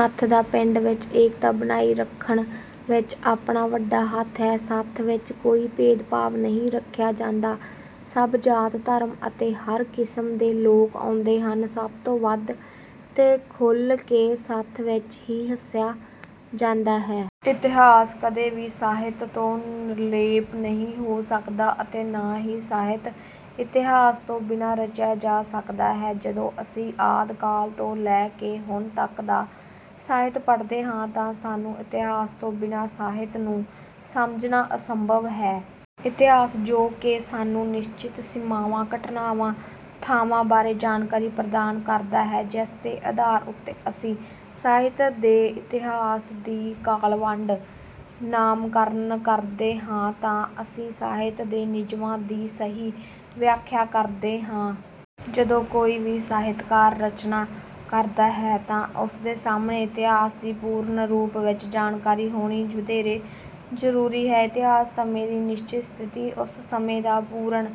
ਸੱਥ ਦਾ ਪਿੰਡ ਵਿੱਚ ਏਕਤਾ ਬਣਾਈ ਰੱਖਣ ਵਿੱਚ ਆਪਣਾ ਵੱਡਾ ਹੱਥ ਹੈ। ਸੱਥ ਵਿੱਚ ਕੋਈ ਭੇਦ ਭਾਵ ਨਹੀਂ ਰੱਖਿਆ ਜਾਂਦਾ। ਸਭ ਜਾਤ ਧਰਮ ਅਤੇ ਹਰ ਕਿਸਮ ਦੇ ਲੋਕ ਆਉਂਦੇ ਹਨ। ਸਭ ਤੋਂ ਵੱਧ ਤੇ ਖੁੱਲ੍ਹ ਕੇ ਸੱਥ ਵਿੱਚ ਹੀ ਹੱਸਿਆ ਜਾਂਦਾ ਹੈ। ਇਤਿਹਾਸ ਕਦੇ ਵੀ ਸਾਹਿਤ ਤੋਂ ਨਿਰਲੇਪ ਨਹੀਂ ਹੋ ਸਕਦਾ ਅਤੇ ਨਾ ਹੀ ਸਾਹਿਤ ਇਤਿਹਾਸ ਤੋਂ ਬਿਨਾਂ ਰਚਿਆ ਜਾ ਸਕਦਾ ਹੈ। ਜਦੋਂ ਅਸੀਂ ਆਦਿ ਕਾਲ ਤੋਂ ਲੈ ਕੇ ਹੁਣ ਤੱਕ ਦਾ ਸਾਹਿਤ ਪੜ੍ਹਦੇ ਹਾਂ ਤਾਂ ਸਾਨੂੰ ਇਤਿਹਾਸ ਤੋਂ ਬਿਨਾਂ ਸਾਹਿਤ ਨੂੰ ਸਮਝਣਾ ਅਸੰਭਵ ਹੈ। ਇਤਿਹਾਸ ਜੋ ਕਿ ਸਾਨੂੰ ਨਿਸ਼ਚਿਤ ਸੀਮਾਵਾਂ ਘਟਨਾਵਾਂ ਥਾਵਾਂ ਬਾਰੇ ਜਾਣਕਾਰੀ ਪ੍ਰਦਾਨ ਕਰਦਾ ਹੈ ਜਿਸ ਦੇ ਆਧਾਰ ਉੱਤੇ ਅਸੀਂ ਸਾਹਿਤ ਦੇ ਇਤਿਹਾਸ ਦੀ ਕਾਲਵੰਡ ਨਾਮਕਰਣ ਕਰਦੇ ਹਾਂ ਤਾਂ ਅਸੀਂ ਸਾਹਿਤ ਦੇ ਨਿਯਮਾਂ ਦੀ ਸਹੀ ਵਿਆਖਿਆ ਕਰਦੇ ਹਾਂ। ਜਦੋਂ ਕੋਈ ਵੀ ਸਾਹਿਤਕਾਰ ਰਚਨਾ ਕਰਦਾ ਹੈ ਤਾਂ ਉਸਦੇ ਸਾਹਮਣੇ ਇਤਿਹਾਸ ਦੀ ਪੂਰਨ ਰੂਪ ਵਿੱਚ ਜਾਣਕਾਰੀ ਹੋਣੀ ਵਧੇਰੇ ਜਰੂਰੀ ਹੈ। ਇਤਿਹਾਸ ਸਮੇਂ ਦੀ ਨਿਸ਼ਚਿਤ ਸਥਿਤੀ ਉਸ ਸਮੇਂ ਦਾ ਪੂਰਨ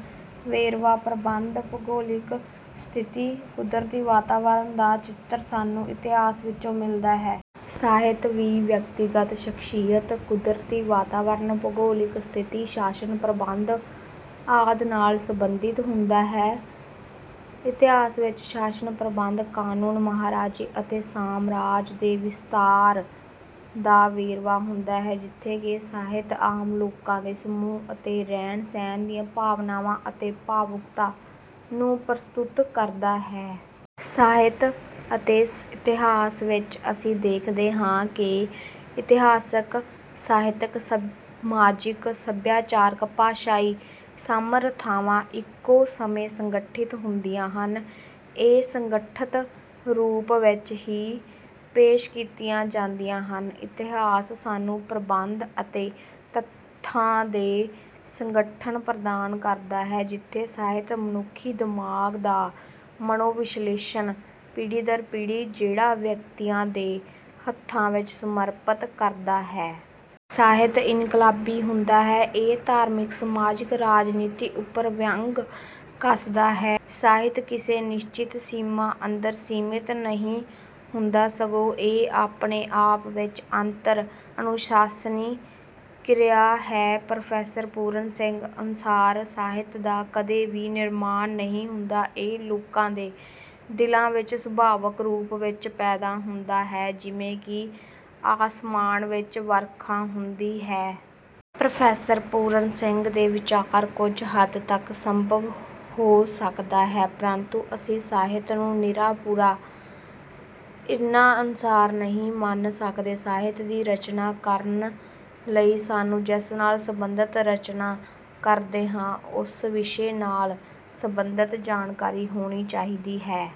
ਵੇਰਵਾ ਪ੍ਰਬੰਧ ਭੂਗੋਲਿਕ ਸਥਿਤੀ ਕੁਦਰਤੀ ਵਾਤਾਵਰਣ ਦਾ ਚਿੱਤਰ ਸਾਨੂੰ ਇਤਿਹਾਸ ਵਿੱਚੋਂ ਮਿਲਦਾ ਹੈ। ਸਾਹਿਤ ਵੀ ਵਿਅਕਤੀਗਤ ਸ਼ਖਸੀਅਤ ਕੁਦਰਤੀ ਵਾਤਾਵਰਣ ਭੂਗੋਲਿਕ ਸਥਿਤੀ ਸ਼ਾਸਨ ਪ੍ਰਬੰਧ ਆਦਿ ਨਾਲ ਸੰਬੰਧਿਤ ਹੁੰਦਾ ਹੈ। ਇਤਿਹਾਸ ਵਿੱਚ ਸ਼ਾਸਨ ਪ੍ਰਬੰਧ ਕਾਨੂੰਨ ਮਹਾਰਾਜੇ ਅਤੇ ਸਾਮਰਾਜ ਦੇ ਵਿਸਤਾਰ ਦਾ ਵੇਰਵਾ ਹੁੰਦਾ ਹੈ ਜਿੱਥੇ ਕਿ ਸਾਹਿਤ ਆਮ ਲੋਕਾਂ ਦੇ ਸਮੂਹ ਅਤੇ ਰਹਿਣ ਸਹਿਣ ਦੀਆਂ ਭਾਵਨਾਵਾਂ ਅਤੇ ਭਾਵੁਕਤਾ ਨੂੰ ਪ੍ਰਸਤੁਤ ਕਰਦਾ ਹੈ। ਸਾਹਿਤ ਅਤੇ ਇਤਿਹਾਸ ਵਿੱਚ ਅਸੀਂ ਦੇਖਦੇ ਹਾਂ ਕਿ ਇਤਿਹਾਸਿਕ ਸਾਹਿਤਕ ਸਮਾਜਿਕ ਸੱਭਿਆਚਾਰਕ ਭਾਸ਼ਾਈ ਸਮਰੱਥਾਵਾਂ ਇੱਕੋ ਸਮੇਂ ਸੰਗਠਿਤ ਹੁੰਦੀਆਂ ਹਨ ਇਹ ਸੰਗਠਿਤ ਰੂਪ ਵਿੱਚ ਹੀ ਪੇਸ਼ ਕੀਤੀਆਂ ਜਾਂਦੀਆਂ ਹਨ। ਇਤਿਹਾਸ ਸਾਨੂੰ ਪ੍ਰਬੰਧ ਅਤੇ ਤੱਥਾਂ ਦੇ ਸੰਗਠਨ ਪ੍ਰਦਾਨ ਕਰਦਾ ਹੈ ਜਿੱਥੇ ਸਾਹਿਤ ਮਨੁੱਖੀ ਦਿਮਾਗ ਦਾ ਮਨੋਵਿਸ਼ਲੇਸ਼ਣ ਪੀੜ੍ਹੀ ਦਰ ਪੀੜ੍ਹੀ ਜਿਹੜਾ ਵਿਅਕਤੀਆਂ ਦੇ ਹੱਥਾਂ ਵਿੱਚ ਸਮਰਪਿਤ ਕਰਦਾ ਹੈ। ਸਾਹਿਤ ਇਨਕਲਾਬੀ ਹੁੰਦਾ ਹੈ। ਇਹ ਧਾਰਮਿਕ ਸਮਾਜਿਕ ਰਾਜਨੀਤੀ ਉੱਪਰ ਵਿਅੰਗ ਕੱਸਦਾ ਹੈ। ਸਾਹਿਤ ਕਿਸੇ ਨਿਸ਼ਚਿਤ ਸੀਮਾ ਅੰਦਰ ਸੀਮਿਤ ਨਹੀਂ ਹੁੰਦਾ ਸਗੋਂ ਇਹ ਆਪਣੇ ਆਪ ਵਿੱਚ ਅੰਤਰ ਅਨੁਸ਼ਾਸਨੀ ਕਿਰਿਆ ਹੈ। ਪ੍ਰੋਫੈਸਰ ਪੂਰਨ ਸਿੰਘ ਅਨੁਸਾਰ ਸਾਹਿਤ ਦਾ ਕਦੇ ਵੀ ਨਿਰਮਾਣ ਨਹੀਂ ਹੁੰਦਾ ਇਹ ਲੋਕਾਂ ਦੇ ਦਿਲਾਂ ਵਿੱਚ ਸੁਭਾਵਕ ਰੂਪ ਵਿੱਚ ਪੈਦਾ ਹੁੰਦਾ ਹੈ ਜਿਵੇਂ ਕਿ ਆਸਮਾਨ ਵਿੱਚ ਵਰਖਾ ਹੁੰਦੀ ਹੈ। ਪ੍ਰੋਫੈਸਰ ਪੂਰਨ ਸਿੰਘ ਦੇ ਵਿਚਾਰ ਕੁੱਝ ਹੱਦ ਤੱਕ ਸੰਭਵ ਹੋ ਸਕਦਾ ਹੈ ਪਰੰਤੂ ਅਸੀਂ ਸਾਹਿਤ ਨੂੰ ਨਿਰਾ ਪੂਰਾ ਇਹਨਾਂ ਅਨੁਸਾਰ ਨਹੀਂ ਮੰਨ ਸਕਦੇ। ਸਾਹਿਤ ਦੀ ਰਚਨਾ ਕਰਨ ਲਈ ਸਾਨੂੰ ਜਿਸ ਨਾਲ ਸੰਬੰਧਿਤ ਰਚਨਾ ਕਰਦੇ ਹਾਂ ਉਸ ਵਿਸ਼ੇ ਨਾਲ ਸੰਬੰਧਿਤ ਜਾਣਕਾਰੀ ਹੋਣੀ ਚਾਹੀਦੀ ਹੈ।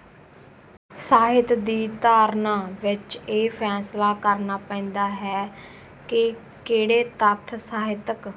ਸਾਹਿਤ ਦੀ ਧਾਰਨਾ ਵਿੱਚ ਇਹ ਫੈਸਲਾ ਕਰਨਾ ਪੈਂਦਾ ਹੈ ਕਿ ਕਿਹੜੇ ਤੱਥ ਸਾਹਿਤਕ